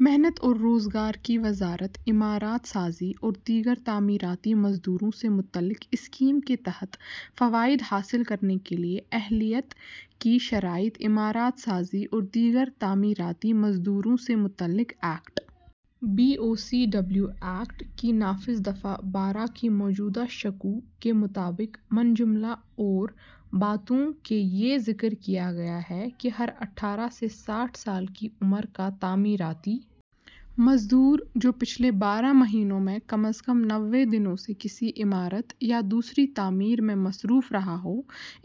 محنت اور روزگار کی وزارت عمارات سازی اور دیگر تعمیراتی مزدوروں سے متعلق اسکیم کے تحت فوائد حاصل کرنے کے لیے اہلیت کی شرائط عمارات سازی اور دیگر تعمیراتی مزدوروں سے متعلق act, B O C W act, کی نافذ دفعہ بارہ کی موجودہ شقوں کے مطابق منجملہ اور باتوں کے یہ ذکر کیا گیا ہے کہ ہر اٹھارہ سے ساٹھ سال کی عمر کا تعمیراتی مزدور جو پچھلے بارہ مہینوں میں کم از کم نوے دنوں سے کسی عمارت یا دوسری تعمیر میں مصروف رہا ہو،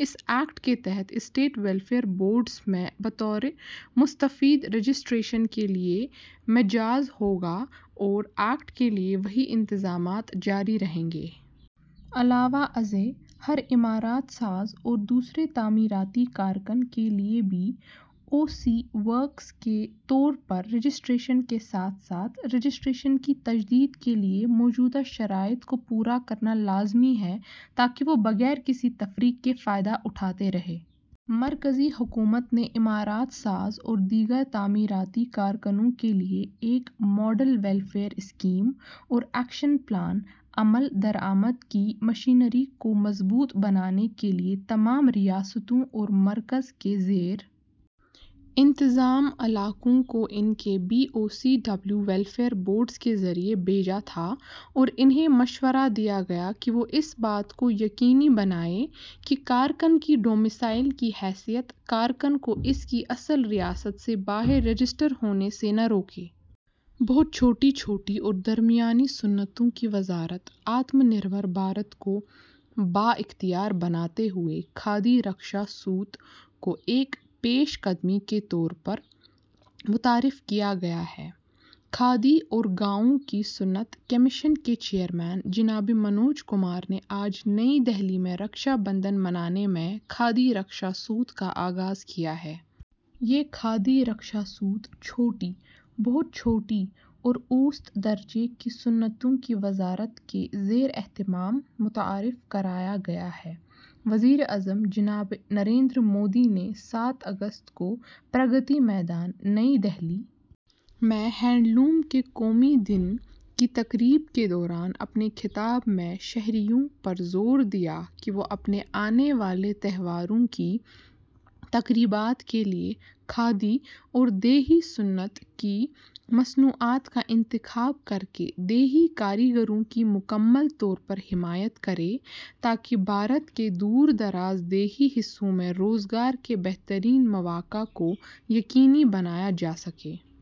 اس ایکٹ کے تحت اسٹیٹ ویلفیئر بورڈز میں بطور مستفید رجسٹریشن کے لیے مجاز ہوگا اور ایکٹ کے لیے وہی انتظامات جاری رہیں گے۔ علاوہ ازیں، ہر عمارات ساز اور دوسرے تعمیراتی کارکن کے لیے بی او سی ورکرز کے طور پر رجسٹریشن کے ساتھ ساتھ رجسٹریشن کی تجدید کے لیے موجودہ شرائط کو پورا کرنا لازمی ہے تاکہ وہ بغیر کسی تفریق کے فائدہ اٹھاتے رہیں۔ مرکزی حکومت نے عمارات ساز اور دیگر تعمیراتی کارکنوں کے لیے ایک ماڈل ویلفیئر اسکیم اور ایکشن پلان، عمل درآمد کی مشینری کو مضبوط بنانے کے لیے تمام ریاستوں اور مرکز کے زیر انتظام علاقوں کو ان کے B O C W welfare boards کے ذریعے بھیجا تھا اور انہیں مشورہ دیا گیا کہ وہ اس بات کو یقینی بنائیں کہ کارکن کی ڈومیسائل کی حیثیت کارکن کو اس کی اصل ریاست سے باہر رجسٹرڈ ہونے سے نہ روکے۔ بہت چھوٹی، چھوٹی اور درمیانی صنعتوں کی وزارت آتم نربھر بھارت کو بااختیار بناتے ہوئے کھادی رکشا سوت کو ایک پیش قدمی کے طور پر متعارف کیا گیا ہے۔ کھادی اور گاؤں کی صنعت کمیشن کے چیئرمین، جناب منوج کمار نے آج نئی دہلی میں رکشا بندھن منانے میں کھادی رکشا سوت کا آغاز کیا ہے۔ یہ کھادی رکشا سوت چھوٹی، بہت چھوٹی اور اوسط درجے کی صنعتوں کی وزارت کے زیراہتمام متعارف کرایا گیا ہے۔ وزیر اعظم جناب نریندر مودی نے سات اگست کو پرگتی میدان، نئی دہلی میں ہینڈلوم کے قومی دن کی تقریب کے دوران اپنے خطاب میں شہریوں پر زور دیا کہ وہ اپنے آنے والے تہواروں کی تقریبات کے لیے کھادی اور دیہی صنعت کی مصنوعات کا انتخاب کرکے دیہی کاریگروں کی مکمل طور پر حمایت کریں، تاکہ بھارت کے دور دراز دیہی حصوں میں روزگار کے بہترین مواقع کو یقینی بنایا جاسکے۔